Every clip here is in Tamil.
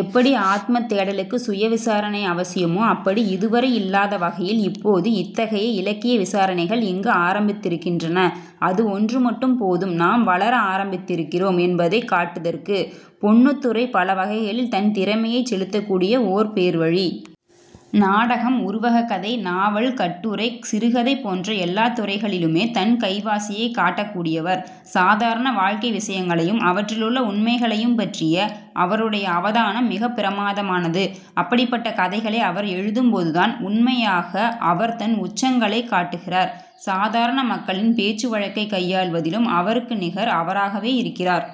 எப்படி ஆத்மத் தேடலுக்கு சுய விசாரணை அவசியமோ அப்படி. இதுவரை இல்லாத வகையில் இப்போது இத்தகைய இலக்கிய விசாரணைகள் இங்கு ஆரம்பித்திருக்கின்றன. அது ஒன்று மட்டும் போதும் நாம் வளர ஆரம்பித்திருக்கிறோம் என்பதை காட்டுதற்கு. பொன்னுத்துரை பல வகைகளில் தன் திறமையைச் செலுத்தக்கூடிய ஓர் பேர்வழி. நாடகம், உருவகக் கதை, நாவல், கட்டுரை, சிறுகதை போன்ற எல்லாத் துறைகளிலுமே தன் கைவா¢சையைக் காட்டக் கூடியவர். சாதாரண வாழ்க்கை விசயங்களையும் அவற்றிலுள்ள உண்மைகளையும் பற்றிய அவருடைய அவதானம் மிகப் பிரமாதமானது. அப்படிப்பட்ட கதைகளை அவர் எழுதும்போதுதான் உண்மையாக அவர் தன் உச்சங்களைக் காட்டுகிறார். சாதாரண மக்களின் பேச்சு வழக்கைக் கையாள்வதிலும் அவருக்கு நிகர் அவராகவே இருக்கிறார்.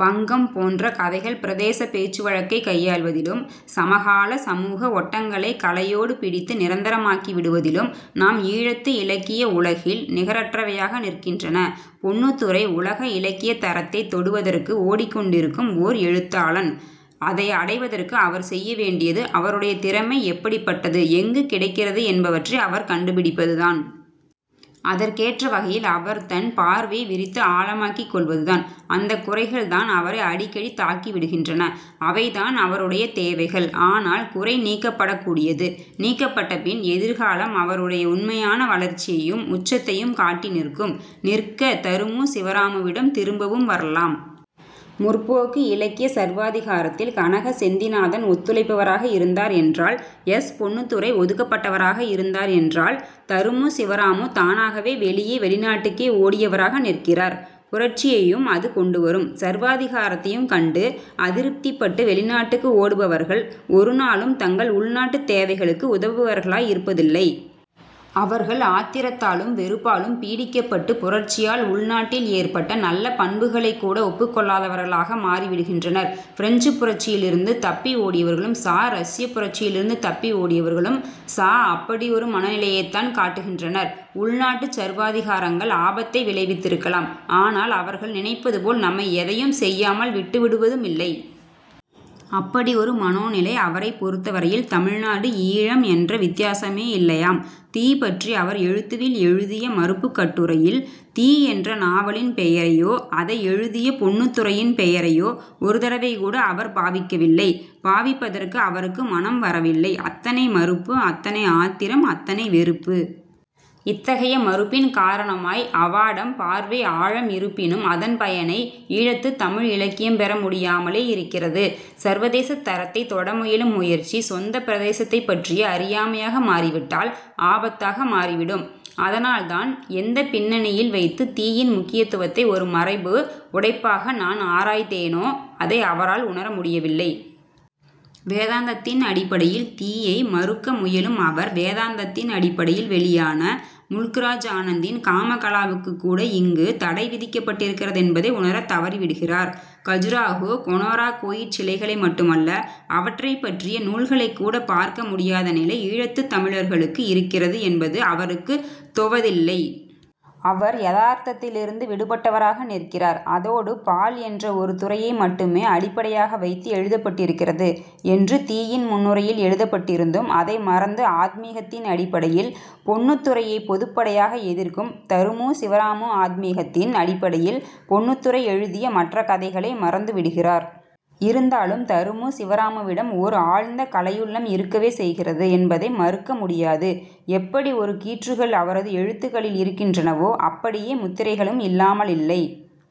'பங்கம்' போன்ற கதைகள் பிரதேசப் பேச்சுவழக்கைக் கையாள்வதிலும் சமகால சமூக ஒட்டங்களைக் கலையோடு பிடித்து நிரந்தரமாக்கிவிடுவதிலும் நம் ஈழத்து இலக்கிய உலகில் நிகரற்றவையாக நிற்கின்றன. பொன்னுத்துரை உலக இலக்கியத் தரத்தைத் தொடுவதற்கு ஓடிக்கொண்டிருக்கும் ஓர் எழுத்தாளன். அதை அடைவதற்கு அவர் செய்ய வேண்டியது, அவருடைய திறமை எப்படிப்பட்டது, எங்கு கிடக்கிறது என்பவற்றை அவர் கண்டுபிடிப்பதுதான். அதற்கேற்ற வகையில் அவர் தன் பார்வையை வி¡¢த்து ஆழமாக்கிக் கொள்வதுதான். அந்தக் குறைகள்தான் அவரை அடிக்கடி தாக்கிவிடுகின்றன. அவைதான் அவருடைய தேவைகள். ஆனால் குறை நீக்கப்படக்கூடியது. நீக்கப்பட்ட பின் எதிர்காலம் அவருடைய உண்மையான வளர்ச்சியையும் உச்சத்தையும் காட்டி நிற்கும். நிற்க, தருமு சிவராமுவிடம் திரும்பவும் வரலாம். 'முற்போக்கு' இலக்கிய சர்வாதிகாரத்தில் கனக செந்திநாதன் ஒத்துழைப்பவராக இருந்தார் என்றால், எஸ். பொன்னுத்துரை ஒதுக்கப்பட்டவராக இருந்தார் என்றால், தருமு சிவராமு தானாகவே வெளியே, வெளிநாட்டுக்கே ஓடியவராக நிற்கிறார். புரட்சியையும் அது கொண்டுவரும் சர்வாதிகாரத்தையும் கண்டு அதிருப்திப்பட்டு வெளிநாட்டுக்கு ஓடுபவர்கள் ஒரு நாளும் தங்கள் உள்நாட்டுத் தேவைகளுக்கு உதவுபவர்களாய் இருப்பதில்லை. அவர்கள் ஆத்திரத்தாலும் வெறுப்பாலும் பீடிக்கப்பட்டு, புரட்சியால் உள்நாட்டில் ஏற்பட்ட நல்ல பண்புகளைக் கூட ஒப்புக்கொள்ளாதவர்களாக மாறிவிடுகின்றனர். பிரெஞ்சுப் புரட்சியிலிருந்து தப்பி ஓடியவர்களும் சா¢, ரஷ்யப் புரட்சியிலிருந்து தப்பி ஓடியவர்களும் சா¢, அப்படி ஒரு மனநிலையைத்தான் காட்டுகின்றனர். உள்நாட்டுச் சர்வாதிகாரங்கள் ஆபத்தை விளைவித்திருக்கலாம். ஆனால் அவர்கள் நினைப்பதுபோல் நம்மை எதையும் செய்யாமல் விட்டுவிடுவதுமில்லை. அப்படி ஒரு மனோநிலை! அவரைப் பொருத்தவரையில் தமிழ்நாடு, ஈழம் என்ற வித்தியாசமே இல்லையாம்! 'தீ'பற்றி அவர் 'எழுத்து'வில் எழுதிய மறுப்புக் கட்டுரையில் 'தீ' என்ற நாவலின் பெயரையோ அதை எழுதிய பொன்னுத்துரையின் பெயரையோ ஒரு தடவைகூட அவர் பாவிக்கவில்லை. பாவிப்பதற்கு அவருக்கு மனம் வரவில்லை. அத்தனை மறுப்பு, அத்தனை ஆத்திரம், அத்தனை வெறுப்பு. இத்தகைய மறுப்பின் காரணமாய் அவா¢டம் பார்வை ஆழம் இருப்பினும் அதன் பயனை ஈழத்துத் தமிழ் இலக்கியம் பெற முடியாமலே இருக்கிறது. சர்வதேசத் தரத்தைத் தொட முயலும் முயற்சி சொந்தப் பிரதேசத்தைப்பற்றிய அறியாமையாக மாறிவிட்டால் ஆபத்தாக மாறிவிடும். அதனால்தான் எந்தப் பின்னணியில் வைத்து 'தீ'யின் முக்கியத்துவத்தை ஒரு மரபு உடைப்பாக நான் ஆராய்தேனோ அதை அவரால் உணர முடியவில்லை. வேதாந்தத்தின் அடிப்படையில் 'தீ'யை மறுக்க முயலும் அவர் வேதாந்தத்தின் அடிப்படையில் வெளியான முல்க்ராஜ் ஆனந்தின் 'காமகலா'வுக்குக் கூட இங்கு தடை விதிக்கப்பட்டிருக்கிறதென்பதை உணரத் தவறிவிடுகிறார். கஜுராஹோ, கொனோராக் கோயிற் சிலைகளை மட்டுமல்ல, அவற்றைப்பற்றிய நூல்களைக்கூடப் பார்க்க முடியாத நிலை ஈழத்துத் தமிழர்களுக்கு இருக்கிறது என்பது அவருக்குத் தொ¢வதில்லை. அவர் யதார்த்தத்திலிருந்து விடுபட்டவராக நிற்கிறார். அதோடு பால் என்ற ஒரு துறையை மட்டுமே அடிப்படையாக வைத்து எழுதப்பட்டிருக்கிறது என்று 'தீ'யின் முன்னுரையில் எழுதப்பட்டிருந்தும் அதை மறந்து, ஆத்மீகத்தின் அடிப்படையில் பொன்னுத்துரையைப் பொதுப்படையாக எதிர்க்கும் தருமு சிவராமு ஆத்மீகத்தின் அடிப்படையில் பொன்னுத்துரை எழுதிய மற்ற கதைகளை மறந்துவிடுகிறார். இருந்தாலும் தருமு சிவராமுவிடம் ஓர் ஆழ்ந்த கலையுள்ளம் இருக்கவே செய்கிறது என்பதை மறுக்க முடியாது. எப்படி ஒரு கீற்றுகள் அவரது எழுத்துகளில் இருக்கின்றனவோ அப்படியே முத்திரைகளும் இல்லாமலில்லை.